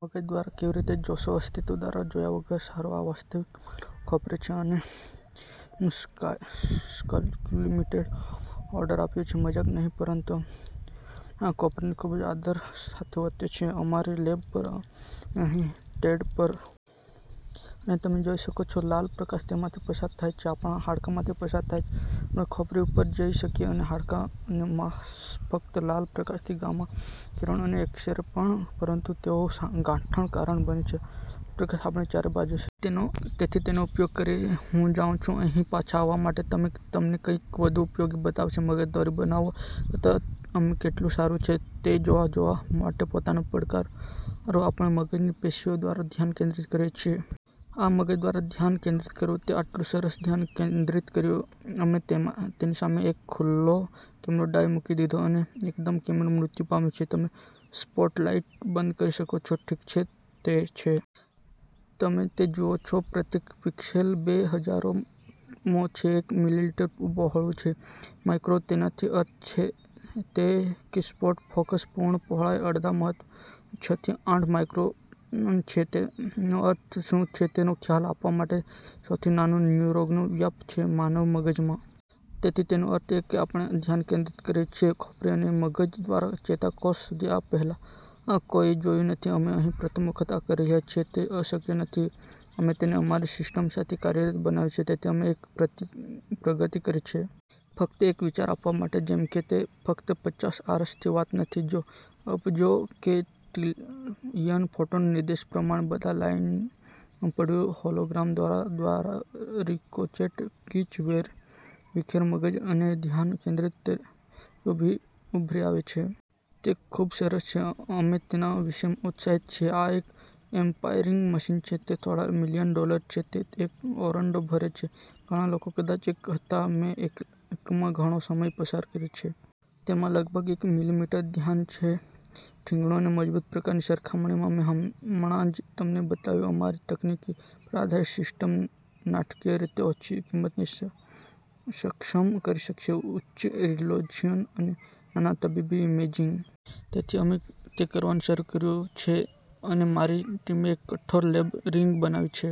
તમે મગજ દ્વારા કેવી રીતે જોશો અસ્થિ દ્વારા જોયા વગર? " સારું, આ વાસ્તવિક માનવ ખોપરી છે. અમે તેને મુસ્કા સુનલીમીટેડ. કામ પર ઓર્ડર આપ્યો છે. મજાક નહિ. પરંતુ અમે આ ખોપરીને ખૂબ આદર સાથે વર્તે છે અમારી લેબ પર અને અહીં ટેડ પર. અને તમે જોઈ શકો છો, લાલ પ્રકાશ તેમાંથી પસાર થાય છે. આપણા હાડકાંમાંથી પસાર થાય છે. ખોપરી ઉપર જઈ શકીએ અને હાડકાં અને માંસ ફક્ત લાલ પ્રકાશથી. ગામા કિરણો અને એક્સ-રે પણ, પરંતુ તેઓ સાઠ ગાંઠનું કારણ બને છે લાલ પ્રકાશ આપણી ચારે બાજુ છે. તેથી, તેનો ઉપયોગ કરીને, હું જાઉં છું અહીં પાછા આવવા માટે અને તમને કંઈક વધુ ઉપયોગી બતાવશે મગજ દોરી બનાવવા કરતાં અમે કેટલું સારું છે તે જોવા જોવા માટે પોતાને પડકાર્યો આપણે મગજની પેશીઓ દ્વારા ધ્યાન કેન્દ્રિત કરી શકીએ. આ મગજ દ્વારા ધ્યાન કેન્દ્રિત કરવું, તે આટલું સરસ ધ્યાન કેન્દ્રિત કર્યું, અમે તેનીસામે એક ખુલ્લો કેમેરો ડાઇ મૂકી દીધો. અને એકદમ કેમેરો મૃત્યુ પામે છે. તમે સ્પોટલાઇટ બંધ કરી શકો છો? ઠીક છે, તે છે. તમે તે જુઓ છો? પ્રત્યેક પિક્સેલ બે-હજારમો છે એક મીલીમીટર પહોળું. બે માઇક્રોન. તેનો અર્થ તે છે કે સ્પોટ ફોકસ પૂર્ણ પહોળાઈ અડધા મહત્તમ છ થી આઠ માઇક્રોન છે. તેનો અર્થ શું છે તેનો ખ્યાલ આપવા માટે: તે સૌથી નાના ન્યુરોનનો વ્યાસ છે માનવ મગજમાં. તેથી તેનો અર્થ એ કે આપણે ધ્યાન કેન્દ્રિત કરી શકીએ ખોપરી અને મગજદ્વારા ચેતાકોષ સુધી. આ પહેલાં કોઈએ જોયું નથી, અમે અહીં પ્રથમ વખત આ કરી રહ્યા છીએ. તે અશક્ય નથી. અમે તેને અમારી સિસ્ટમ સાથે કાર્યરત બનાવ્યું, તેથી અમે એક પ્રગતિ કરી છે. ફક્ત એક વિચાર આપવા માટે જેમ કે, તે ફક્ત પચાસ આરસની વાત નથી. તે અબજો છે, ટ્રિલિયન ફોટોન, નિર્દેશ પ્રમાણે બધા લાઇનમાં પડવું હોલોગ્રામ દ્વારા, દ્વારા રિકોચેટ ગીચ વેરવિખેર મગજ, અને ધ્યાન કેન્દ્રિત તરીકે ઉભરી આવે છે. તે ખૂબ સરસ છે. અમે તેના વિશે ઉત્સાહિત છીએ. આ એક એમઆરઆઈ મશીન છે. તે થોડા મિલિયન ડોલર છે, તે એક ઓરડો ભરે છે, ઘણા લોકો કદાચ એક હતા. મેં એકમાં ઘણો સમય પસાર કર્યો છે. તેમાં લગભગ એક મીલીમીટરનું ધ્યાન છે ઠીંગણું અને મજબૂત પ્રકારની, સરખામણીમાં મેં હમણાં જ તમને બતાવ્યું અમારી તકનીકી પર આધારિત સિસ્ટમ નાટકીય રીતે ઓછી કિંમતને સક્ષમ કરી શકશે, ઉચ્ચ રીઝોલ્યુશન અને નાના તબીબી ઇમેજિંગ. તેથી અમે તે કરવાનું શરૂ કર્યું છે મેં અને મારી ટીમે એક કઠોર, લેબ રિગ બનાવી છે